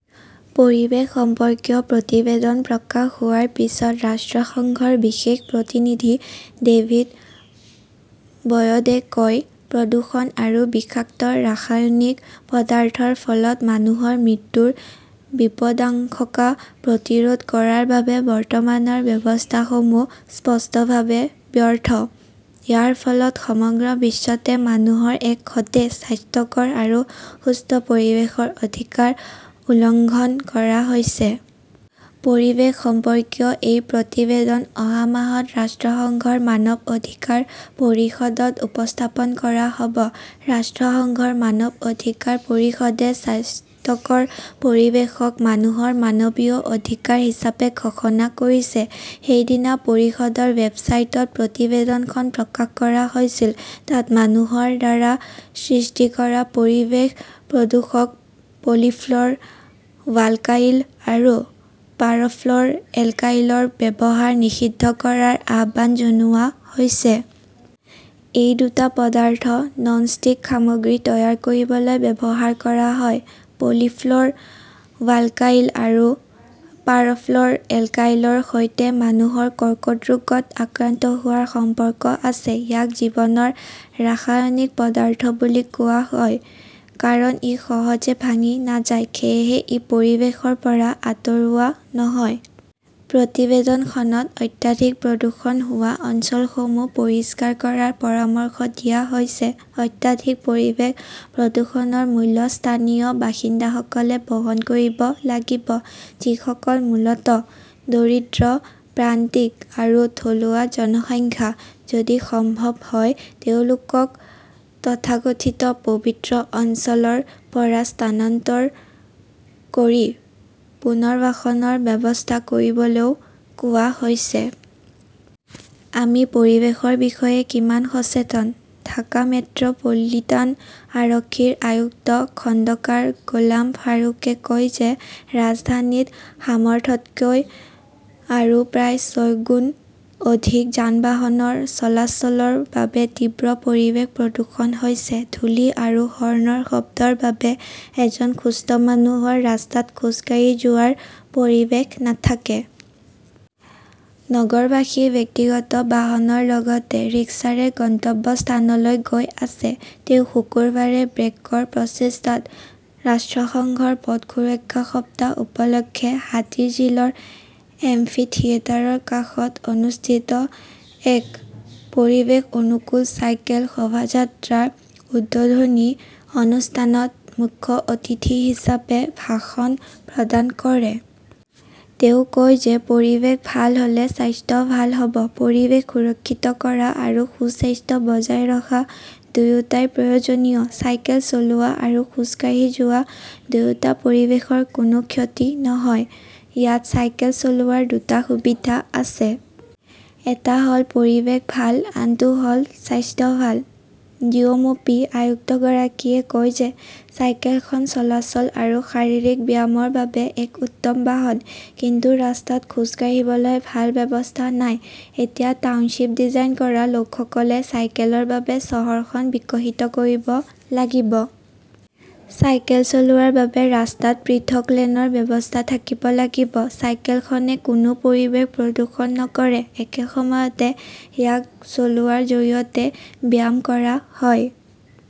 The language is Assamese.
পৰিৱেশ সম্পৰ্কীয় প্ৰতিবেদন প্ৰকাশ পোৱাৰ পিছত ৰাষ্ট্ৰসংঘৰ বিশেষ প্ৰতিনিধি ডেভিদ বয়ডে কয়, প্ৰদূষণ আৰু বিষাক্ত ৰাসায়নিক পদাৰ্থৰ ফলত মানুহৰ মৃত্যুৰ বিপদাশংকা প্ৰতিৰোধ কৰাৰ বাবে বৰ্তমানৰ ব্যৱস্থাসমূহ স্পষ্টভাৱে ব্যৰ্থ। ইয়াৰ ফলত সমগ্ৰ বিশ্বতে মানুহৰ এক সতেজ, স্বাস্থ্যকৰ আৰু সুস্থ পৰিৱেশৰ অধিকাৰ উলংঘন কৰা হৈছে। পৰিৱেশ সম্পৰ্কীয় এই প্ৰতিবেদন অহা মাহত ৰাষ্ট্ৰসংঘৰ মানৱ অধিকাৰ পৰিষদত উপস্থাপন কৰা হব। ৰাষ্ট্ৰসংঘৰ মানৱ অধিকাৰ পৰিষদে স্বাস্থ্যকৰ পৰিৱেশক মানুহৰ মানৱীয় অধিকাৰ হিচাপে ঘোষণা কৰিছে। সেইদিনা পৰিষদৰ ৱেবছাইটত প্ৰতিবেদনখন প্ৰকাশ কৰা হৈছিল। তাত মানুহৰ দ্বাৰা সৃষ্টি কৰা পৰিৱেশ প্ৰদূষক পলিফ্লৰ ৱাল্কাইল আৰু পাৰফ্লৰ এল্কাইলৰ ব্যৱহাৰ নিষিদ্ধ কৰাৰ আহ্বান জনোৱা হৈছে। এই দুটা পদাৰ্থ নন-ষ্টিক সামগ্ৰী তৈয়াৰ কৰিবলৈ ব্যৱহাৰ কৰা হয়। পলিফ্লৰ ৱাল্কাইল আৰু পাৰফ্লৰ এল্কাইলৰ সৈতে মানুহৰ কৰ্কট ৰোগত আক্ৰান্ত হোৱাৰ সম্পৰ্ক আছে। ইয়াক জীৱনৰ ৰাসায়নিক পদাৰ্থ বুলি কোৱা হয়। কাৰণ ই সহজে ভাঙি নাযায়, সেয়েহে ই পৰিৱেশৰ পৰা আঁতৰোৱা নহয়। প্ৰতিবেদনখনত অত্যাধিক প্ৰদূষণ হোৱা অঞ্চলসমূহ পৰিষ্কাৰ কৰাৰ পৰামৰ্শ দিয়া হৈছে। অত্যাধিক পৰিৱেশ প্ৰদূষণৰ মূল্য স্থানীয় বাসিন্দাসকলে বহন কৰিব লাগিব; যিসকল মূলতঃ দৰিদ্ৰ, প্ৰান্তিক আৰু থলুৱা জনসংখ্যা। যদি সম্ভৱ হয়, তেওঁলোকক তথাকথিত পবিত্ৰ অঞ্চল ৰ পৰা স্থানান্তৰ কৰি পুনৰ্বাসনৰ ব্যৱস্থা কৰিবলৈও কোৱা হৈছে। আমি পৰিৱেশৰ বিষয়ে কিমান সচেতন? ঢাকা মেট্ৰ পলিটান আৰক্ষীৰ আয়ুক্ত খণ্ডকাৰ গোলাম ফাৰুকে কয় যে ৰাজধানীত সামৰ্থ্যতকৈ আৰু প্ৰায় ছয়গুণ অধিক যান-বাহনৰ চলাচলৰ বাবে তীব্ৰ পৰিৱেশ প্ৰদূষণ হৈছে। ধূলি আৰু হৰ্ণৰ শব্দৰ বাবে এজন সুস্থ মানুহৰ ৰাস্তাত খোজ কাঢ়ি যোৱাৰ পৰিৱেশ নাথাকে। নগৰবাসী ব্যক্তিগত বাহনৰ লগতে ৰিক্সাৰে গন্তব্যস্থানলৈ গৈ আছে। তেওঁ শুকুৰবাৰে ব্ৰেকৰ প্ৰচেষ্টাত ৰাষ্ট্ৰসংঘৰ পথ সুৰক্ষা সপ্তাহ উপলক্ষে হাতীৰঝিলৰ এম্ফি থিয়েটাৰৰ কাষত অনুষ্ঠিত এক পৰিৱেশ-অনুকূল চাইকেল শোভাযাত্ৰৰ উদ্বোধনী অনুষ্ঠানত মুখ্য অতিথি হিচাপে ভাষণ প্ৰদান কৰে। তেওঁ কয় যে, পৰিৱেশ ভাল হ'লে স্বাস্থ্য ভাল হব। পৰিৱেশ সুৰক্ষিত কৰা আৰু সুস্বাস্থ্য বজাই ৰখা দুয়োটাই প্ৰয়োজনীয়। চাইকেল চলোৱা আৰু খোজ কাঢ়ি যোৱা দুয়োটা পৰিৱেশৰ কোনো ক্ষতি নহয়। ইয়াত চাইকেল চলোৱাৰ দুটা সুবিধা আছে। এটা হ'ল পৰিৱেশ ভাল, আনটো হ'ল স্বাস্থ্য ভাল। ডিএমপি আয়ুক্তগৰাকীয়ে কয় যে চাইকেলখন চলাচল আৰু শাৰীৰিক ব্যায়ামৰ বাবে এক উত্তম বাহন। কিন্তু ৰাস্তাত খোজ কাঢ়িবলৈ ভাল ব্যৱস্থা নাই। এতিয়া টাউনশ্বিপ ডিজাইন কৰা লোকসকলে চাইকেলৰ বাবে চহৰখন বিকশিত কৰিব লাগিব। চাইকেল চলোৱাৰ বাবে ৰাস্তাত পৃথক লেনৰ ব্যৱস্থা থাকিব লাগিব। চাইকেলখনে কোনো পৰিৱেশ প্ৰদূষণ নকৰে। একে সময়তে ইয়াক চলোৱাৰ জৰিয়তে ব্যায়াম কৰা হয়।